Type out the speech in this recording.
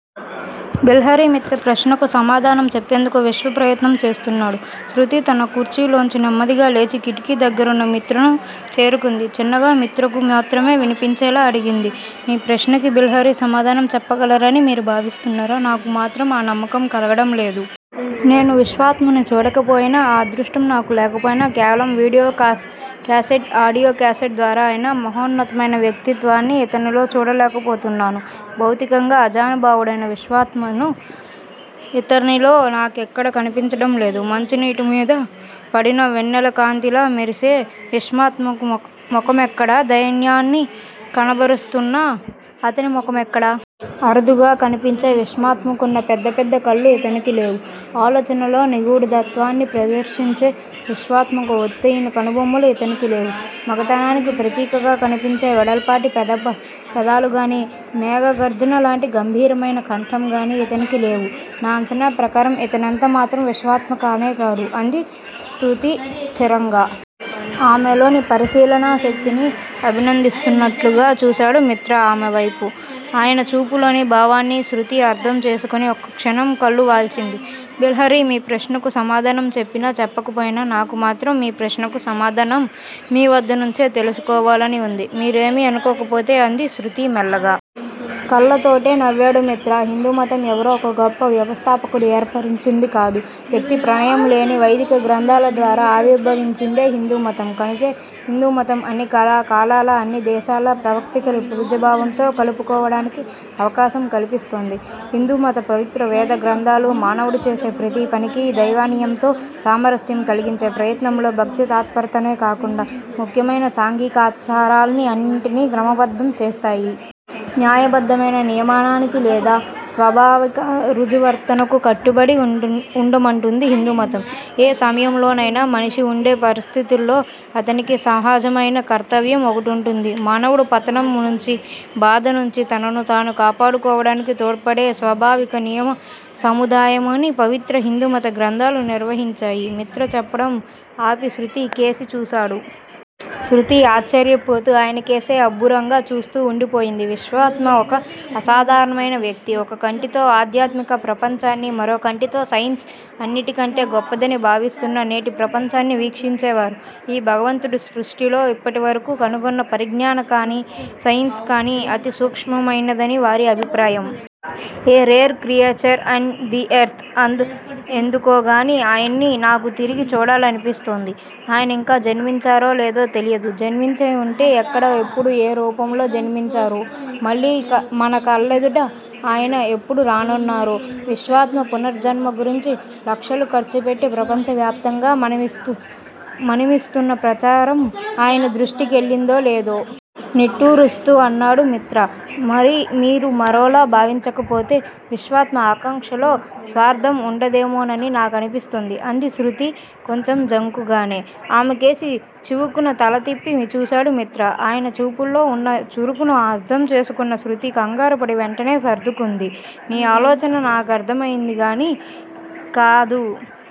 బిల్హరి మిత్ర ప్రశ్నకు సమాధానం చెప్పేందుకు విశ్వప్రయత్నం చేస్తున్నాడు. శృతి తన కుర్చీలోంచి నెమ్మదిగా లేచి కిటికి దగ్గరున్న మిత్రను చేరుకుంది. చిన్నగా మిత్రకు మాత్రమే వినిపించేలా అడిగింది. మీ ప్రశ్నకి బిల్హరి సమాధానం చెప్పగలరని మీరు భావిస్తున్నారా? నాకు మాత్రం ఆ నమ్మకం కలగడం లేదు. నేను విశ్వాత్మని చూడకపోయినా, ఆ అదృష్టం నాకు లేకపోయినా కేవలం వీడియో క్యాసెట్స్, ఆడియో కేసెట్స్ ద్వారా ఆయన మహోన్నతమైన వ్యక్తిత్వాన్ని ఇతనిలో చూడలేకపోతున్నాను. భౌతికంగా ఆజానుభావుడైన విశ్వాత్మ ఇతనిలో నాకెక్కడా కనిపించడం లేదు. మంచునీటిమీద పడిన వెన్నెలకాంతిలా మెరిసే విశ్వాత్మ ముఖమెక్కడ, దైన్యాన్ని కనబరుస్తున్న అతని ముఖమెక్కడ? అరుదుగా కనిపించే విశ్వాత్మకున్న పెద్ద పెద్ద కళ్ళు ఇతనికి లేవు. ఆలోచనల్లో నిగూఢత్వాన్ని ప్రదర్శించే విశ్వాత్మ ఒత్తయిన కనుబొమలు ఇతనికి లేవు. మగతనానికి ప్రతీకగా కనిపించే వెడల్పాటి పెదాలుగానీ, మేఘగర్జనలాంటి గంభీరమైన కంఠంగానీ ఇతనికి లేవు. నా అంచనా ప్రకారం ఇతనెంత మాత్రం విశ్వాత్మ కానేకాడు అంది శృతి స్థిరంగా. ఆమెలోని పరిశీలనాశక్తిని అభినందిస్తున్నట్లుగా చూశాడు మిత్ర ఆమెవైపు. ఆయన చూపులోని భావాన్ని శృతి అర్థం చేసుకొని ఒక్కక్షణం కళ్ళు వాల్చింది. బిల్హరి మీ ప్రశ్నకు సమాధానం చెప్పినా, చెప్పకపోయినా నాకు మాత్రం మీ ప్రశ్నకు సమాధానం మీ వద్దనుంచే తెలుసుకోవాలని వుంది. మీరేమీ అనుకోకపోతే అంది శృతి మెల్లగా. కళ్లతోటే నవ్వాడు మిత్ర. హిందూమతం ఎవరో ఒక గొప్ప వ్యవస్థాపకుడు ఏర్పరచింది కాదు. వ్యక్తి ప్రమేయంలేని వైదిక గ్రంథాల ద్వారా ఆవిర్భవించిందే హిందూ మతం కనుకే హిందూమతం అన్ని కాలాల, అన్ని దేశాల ప్రవక్తల్ని పూజ్యభావంతో కలుపుకోవడానికి అవకాశం కల్పిస్తోంది. హిందూమత పవిత్ర వేదగ్రంథాలు, మానవుడు చేసే ప్రతి పనికీ దైవనియమంతో, సామరస్యం కలిగించే ప్రయత్నంలో భక్తితత్పరతనే కాకుండా ముఖ్యమైన సాంఘికాచారాల్ని అన్నింటినీ క్రమబద్ధం చేస్తాయి. న్యాయబద్ధమైన నియమానికి లేదా స్వాభావిక రుజువర్తనకు కట్టుబడి వుండమంటుంది హిందూమతం. ఏ సమయంలోనైనా మనిషి వుండే పరిస్థితుల్లో అతనికి సహజమైన కర్తవ్యం ఒకటుంటుంది, మానవుడు పతనం నుంచి, బాధ నుంచి తనను తాను కాపాడుకోవడానికి తోడ్పడే స్వాభావిక నియమ సముదాయమని పవిత్ర హిందూమత గ్రంథాలు నిర్వహించాయి మిత్ర చెప్పడం ఆపి శృతి కేసి చూశాడు. శృతి ఆశ్చర్యపోతూ ఆయనకేసే అబ్బురంగా చూస్తూ వుండిపోయింది. విశ్వాత్మ ఒక అసాధారణమైన వ్యక్తి. ఒక కంటితో ఆధ్యాత్మిక ప్రపంచాన్ని, మరో కంటితో సైన్సే అన్నిటికంటే గొప్పదని భావిస్తున్న నేటి ప్రపంచాన్ని వీక్షించేవారు. ఈ భగవంతుడు సృష్టిలో ఇప్పటివరకు కనుగొన్న పరిజ్ఞానం కానీ, సైన్స్ కానీ అతి సూక్ష్మమైనదని వారి అభిప్రాయం. A rare creature on this earth- ఎందుకోగానీ ఆయన్ని నాకు తిరిగి చూడాలనిపిస్తోంది. ఆయనింకా జన్మించారో లేదో తెలియదు. జన్మించి వుంటే ఎక్కడ ఎప్పుడు ఏ రూపంలో జన్మించారో? మన కళ్ళెదుటకు ఆయన ఎప్పుడు రానున్నారో? విశ్వాత్మ పునర్జన్మ గురించి లక్షలు ఖర్చుపెట్టి ప్రపంచవ్యాప్తంగా మనమిస్తున్న ప్రచారం ఆయన దృష్టి కెళ్ళిందో లేదో? నిట్టూరుస్తూ అన్నాడు మిత్ర. మీరు మరోలా భావించకపోతే- విశ్వాత్మ ఆకాంక్షలో స్వార్థం వుందేమోనని నాకనిపిస్తోంది అంది శృతి కొంచెం జంకుగానే. ఆమెకేసి చివుక్కున తల తిప్పి చూశాడు మిత్ర. ఆయన చూపుల్లో వున్న చురుకును అర్థం చేసుకున్న శృతి కంగారుపడి వెంటనే సర్దుకుంది. నీ ఆలోచన నాకర్థంకానిదేం కాదు.